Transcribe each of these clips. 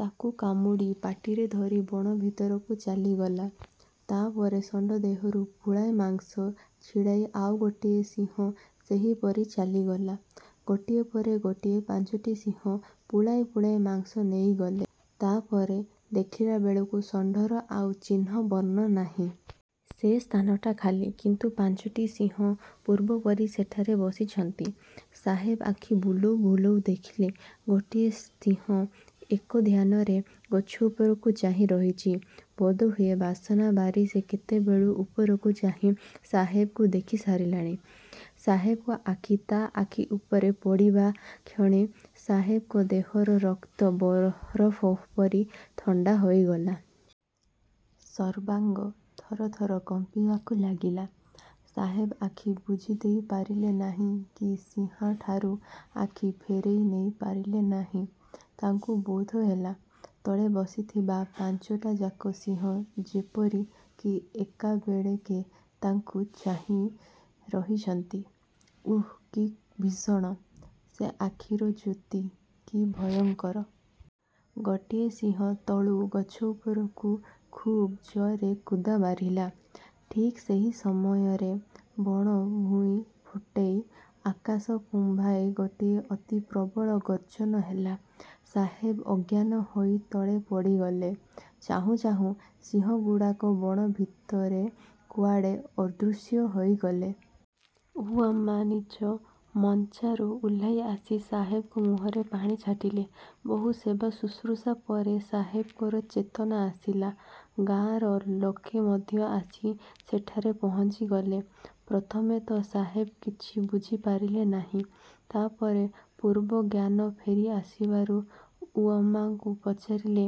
ତାକୁ କାମୁଡ଼ି ପାଟିରେ ଧରି ବଣ ଭିତରକୁ ଚାଲିଗଲା। ତା'ପରେ ଷଣ୍ଢ ଦେହରୁ ପୁଳାଏ ମାଂସ ଛିଡ଼ାଇ ଆଉ ଗୋଟାଏ ସିଂହ ସେହିପରି ଚାଲିଗଲା। ଗୋଟିକ ପରେ ଗୋଟିଏ ପାଞ୍ଚୋଟି ସିଂହ ପୁଳାଏ ପୁଳାଏ ମାଂସ ନେଇଗଲେ। ତା'ପରେ ଦେଖିଲାବେଳକୁ ଷଣ୍ଢର ଆଉ ଚିହ୍ନ ବର୍ଣ୍ଣ ନାହିଁ। ସେ ସ୍ଥାନଟା ଖାଲି। କିନ୍ତୁ ପାଞ୍ଚୋଟି ସିଂହ ପୂର୍ବ ପରି ସେଠାରେ ବସିଛନ୍ତି। ସାହେବ ଆଖି ବୁଲାଉ ବୁଲାଉ ଦେଖିଲେ, ଗୋଟାଏ ସିଂହ ଏକଧ୍ୟାନରେ ଗଛ ଉପରକୁ ଚାହିଁରହିଛି। ବୋଧହୁଏ ବାସନା ବାରି ସେ କେତେବେଳୁ ଉପରକୁ ଚାହିଁ ସାହେବଙ୍କୁ ଦେଖିସାରିଲାଣି। ସାହେବଙ୍କ ଆଖି ତା' ଆଖି ଉପରେ ପଡ଼ିବାକ୍ଷଣି ସାହେବଙ୍କ ଦେହର ରକ୍ତ ବରଫ ପରି ଥଣ୍ଡା ହୋଇଗଲା। ସର୍ବାଙ୍ଗ ଥରଥର କମ୍ପିବାକୁ ଲାଗିଲା। ସାହେବ ଆଖି ବୁଜିଦେଇ ପାରିଲେ ନାହିଁ କି ସିଂହାଠାରୁ ଆଖି ଫେରାଇ ନେଇପାରିଲେ ନାହିଁ। ତାଙ୍କୁ ବୋଧହେଲା-ତଳେ ବସିଥିବା ପାଞ୍ଚଟାଯାକ ସିଂହ ଯେପରି କି ଏକାବେଳକେ ତାଙ୍କୁ ଚାହିଁ ରହିଛନ୍ତି। ଓଃ, କି ଭୀଷଣ! ସେ ଆଖିର ଜ୍ୟୋତି କି ଭୟଙ୍କର! ଗୋଟାଏ ସିଂହ ତଳୁ ଗଛ ଉପରକୁ ଖୁବ୍ ଜୋରରେ କୁଦାମାରିଲା। ଠିକ୍ ସେହି ସମୟରେ ବଣ ଭୂଇଁ ଫଟାଇ, ଆକାଶ କମ୍ପାଇ ଗୋଟାଏ ଅତି ପ୍ରବଳ ଗର୍ଜନ ହେଲା। ସାହେବ ଅଜ୍ଞାନ ହୋଇ ତଳେ ପଡ଼ିଗଲେ। ଚାହୁଁ ଚାହୁଁ ସିଂହଗୁଡ଼ାକ ବଣ ଭିତରେ କୁଆଡ଼େ ଅଦୃଶ୍ୟ ହୋଇଗଲେ। ଉଆମ୍ବା ନିଜ ମଞ୍ଚାରୁ ଓହ୍ଲାଇ ଆସି ସାହେବଙ୍କ ମୁହଁରେ ପାଣି ଛାଟିଲା। ବହୁ ସେବାଶୁଶ୍ରୁଷା ପରେ ସାହେବଙ୍କର ଚେତନା ଆସିଲା। ଗାଆଁର ଲୋକେ ମଧ୍ୟ ଆସି ସେଠାରେ ପହଞ୍ଚିଗଲେ। ପ୍ରଥମେ ତ ସାହେବ କିଛି ବୁଝିପାରିଲେ ନାହିଁ। ତା'ପରେ ପୂର୍ବ ଜ୍ଞାନ ଫେରି ଆସିବାରୁ ଉଆମ୍ବାକୁ ପଚାରିଲେ,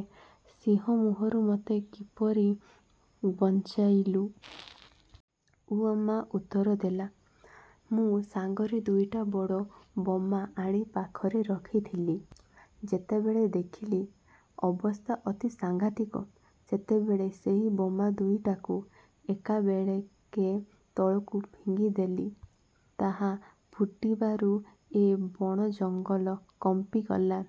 ''ସିଂହ ମୁହଁରୁ ମୋତେ କିପରି ବଞ୍ଚାଇଲୁ? '' ଉଆମ୍ବା ଉତ୍ତର ଦେଲା ''ମୁଁ ସାଙ୍ଗରେ ଦୁଇଟା ବଡ଼ ବୋମା ଆଣି ପାଖରେ ରଖିଥିଲି। ଯେତେବେଳେ ଦେଖିଲି, ଅବସ୍ଥା ଅତି ସାଙ୍ଘାତିକ, ସେତେବେଳେ ସେଇ ବୋମା ଦୁଇଟାକୁ ଏକାବେଳକେ ତଳକୁ ଫିଙ୍ଗିଦେଲି। ତାହା ଫୁଟିବାରୁ ଏ ବଣଜଙ୍ଗଲ କମ୍ପିଗଲା।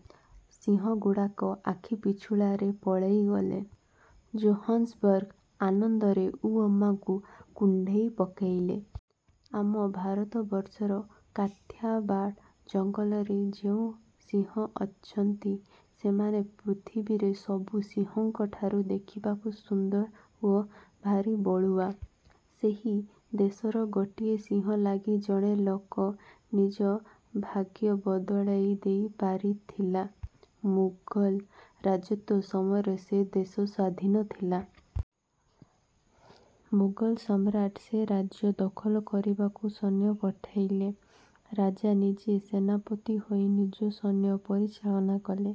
ସିଂହଗୁଡ଼ାକ ଆଖିପିଛୁଳାକେ ପଳାଇଗଲେ। '' ଜୋହାନ୍ସବର୍ଗ ଆନନ୍ଦରେ ଉଆମ୍ବାକୁ କୁଣ୍ଢାଇ ପକାଇଲେ। ଆମ ଭାରତବର୍ଷର କାଥିଆବାଡ଼ ଜଙ୍ଗଲରେ ଯେଉଁ ସିଂହ ଅଛନ୍ତି, ସେମାନେ ପୃଥିବୀର ସବୁ ସିଂହଙ୍କଠାରୁ ଦେଖିବାକୁ ସୁନ୍ଦର ଓ ଭାରି ବଳୁଆ। ସେହି ଦେଶର ଗୋଟିଏ ସିଂହ ଲାଗି ଜଣେ ଲୋକ ନିଜ ଭାଗ୍ୟ ବଦଳାଇ ଦେଇ ପାରିଥିଲା। ମୋଗଲ ରାଜତ୍ୱ ସମୟରେ ସେ ଦେଶ ସ୍ୱାଧୀନ ଥିଲା। ମୋଗଲସମ୍ରାଟ ସେ ରାଜ୍ୟ ଦଖଲ କରିବାକୁ ସୈନ୍ୟ ପଠାଇଲେ। ରାଜା ନିଜେ ସେନାପତି ହୋଇ ନିଜ ସୈନ୍ୟ ପରିଚାଳନା କଲେ।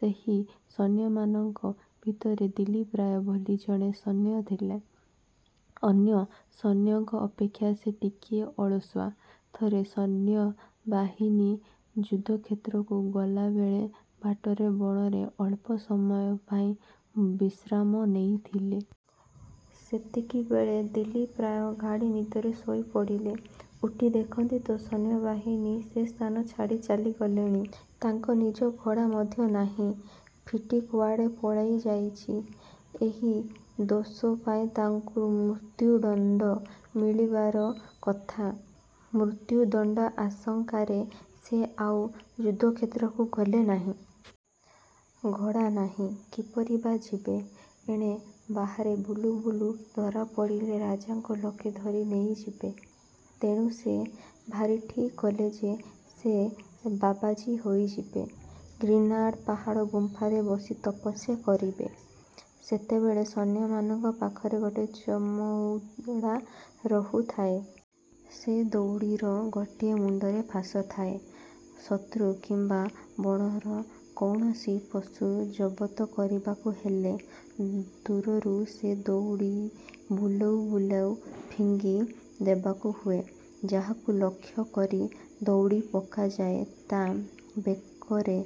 ସେହି ସୈନ୍ୟମାନଙ୍କ ଭିତରେ ଦୁଲୀପ ରାୟ ବୋଲି ଜଣେ ସୈନ୍ୟ ଥିଲେ। ଅନ୍ୟ ସୈନ୍ୟଙ୍କ ଅପେକ୍ଷା ସେ ଟିକିଏ ଅଳସୁଆ। ଥରେ ସୈନ୍ୟବାହିନୀ ଯୁଦ୍ଧକ୍ଷେତ୍ରକୁ ଗଲାବେଳେ ବାଟରେ ବଣରେ ଅଳ୍ପ ସମୟ ପାଇଁ ବିଶ୍ରାମ ନେଇଥିଲେ। ସେତିକିବେଳେ ଦୁଲୀପ ରାୟ ଗାଢ଼ ନିଦରେ ଶୋଇପଡ଼ିଲେ। ଉଠି ଦେଖନ୍ତି ତ, ସୈନ୍ୟବାହିନୀ ସେ ସ୍ଥାନ ଛାଡ଼ି ଚାଲିଗଲେଣି। ତାଙ୍କ ନିଜର ଘୋଡ଼ାଟି ମଧ୍ୟ ନାହିଁ-ଫିଟି କୁଆଡ଼େ ପଳାଇ ଯାଇଛି। ଏହି ଦୋଷ ପାଇଁ ତାଙ୍କୁ ମୃତ୍ୟୁଦଣ୍ଡ ମିଳିବାର କଥା। ମୃତ୍ୟୁଦଣ୍ଡ ଆଶଙ୍କାରେ ସେ ଆଉ ଯୁଦ୍ଧକ୍ଷେତ୍ରକୁ ଗଲେ ନାହିଁ। ଘୋଡ଼ା ନାହିଁ, କିପରି ବା ଯିବେ? ଏଣେ ବାହାରେ ବୁଲୁ ବୁଲୁ ଧରାପଡ଼ିଲେ ରାଜାଙ୍କ ଲୋକେ ଧରି ନେଇଯିବେ। ତେଣୁ ସେ ଭାବି ଠିକ୍ କଲେ ଯେ, ସେ ବାବାଜୀ ହୋଇଯିବେ; ଗୀର୍ଣ୍ଣାର ପାହାଡ଼ ଗୁମ୍ଫାରେ ବସି ତପସ୍ୟା କରିବେ। ସେତେବେଳେ ସୈନ୍ୟମାନଙ୍କ ପାଖରେ ଗୋଟାଏ ଚମଦଉଡ଼ା ରହିଥାଏ। ସେହି ଦଉଡ଼ାର ଗୋଟାଏ ମୁଣ୍ଡରେ ଫାଶ ଥାଏ। ଶତ୍ରୁ କିମ୍ବା ବଣର କୌଣସି ପଶୁକୁ ଜବତ କରିବାକୁ ହେଲେ, ଦୂରରୁ ସେ ଦଉଡ଼ା ବୁଲାଇ ବୁଲାଇ ଫିଙ୍ଗି ଦେବାକୁ ହୁଏ। ଯାହାକୁ ଲକ୍ଷ୍ୟ କରି ଦଉଡ଼ା ପକାଯାଏ, ତା' ବେକରେ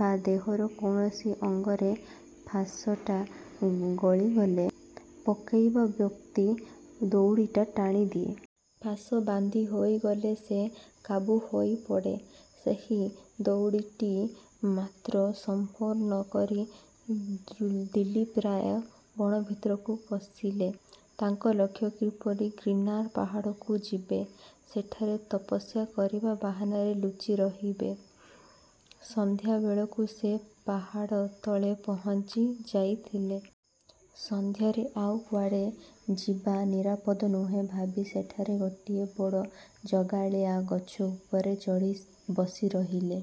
ବା ଦେହର କୌଣସି ଅଙ୍ଗରେ ଫାଶଟା ଗଳିଗଲେ, ପକାଇବା ବ୍ୟକ୍ତି ଦଉଡ଼ା ଟାଣିଦିଏ।। ଫାଶ ବାନ୍ଧି ହୋଇଗଲେ ସେ କାବୁ ହୋଇପଡ଼େ। ସେହି ଦଉଡ଼ାଟି ମାତ୍ର ସମ୍ବଳ କରି ଦୁଲୀପ ରାୟ ବଣ ଭିତରକୁ ପଶିଲେ। ତାଙ୍କର ଲକ୍ଷ୍ୟ, କିପରି ଗୀର୍ଣ୍ଣାର ପାହାଡ଼କୁ ଯିବେ। ସେଠାରେ ତପସ୍ୟା କରିବା ବାହାନାରେ ଲୁଚି ରହିବେ-। ସନ୍ଧ୍ୟାବେଳକୁ ସେ ପାହାଡ଼ ତଳେ ପହଞ୍ଚି ଯାଇଥିଲେ। ଅନ୍ଧାରରେ ଆଉ କୁଆଡ଼େ ଯିବା ନିରାପଦ ନୁହେଁ ଭାବି ସେହିଠାରେ ଗୋଟିଏ ବଡ଼ ଝଙ୍କାଳିଆ ଗଛ ଉପରେ ଚଢ଼ି ବସି ରହିଲେ।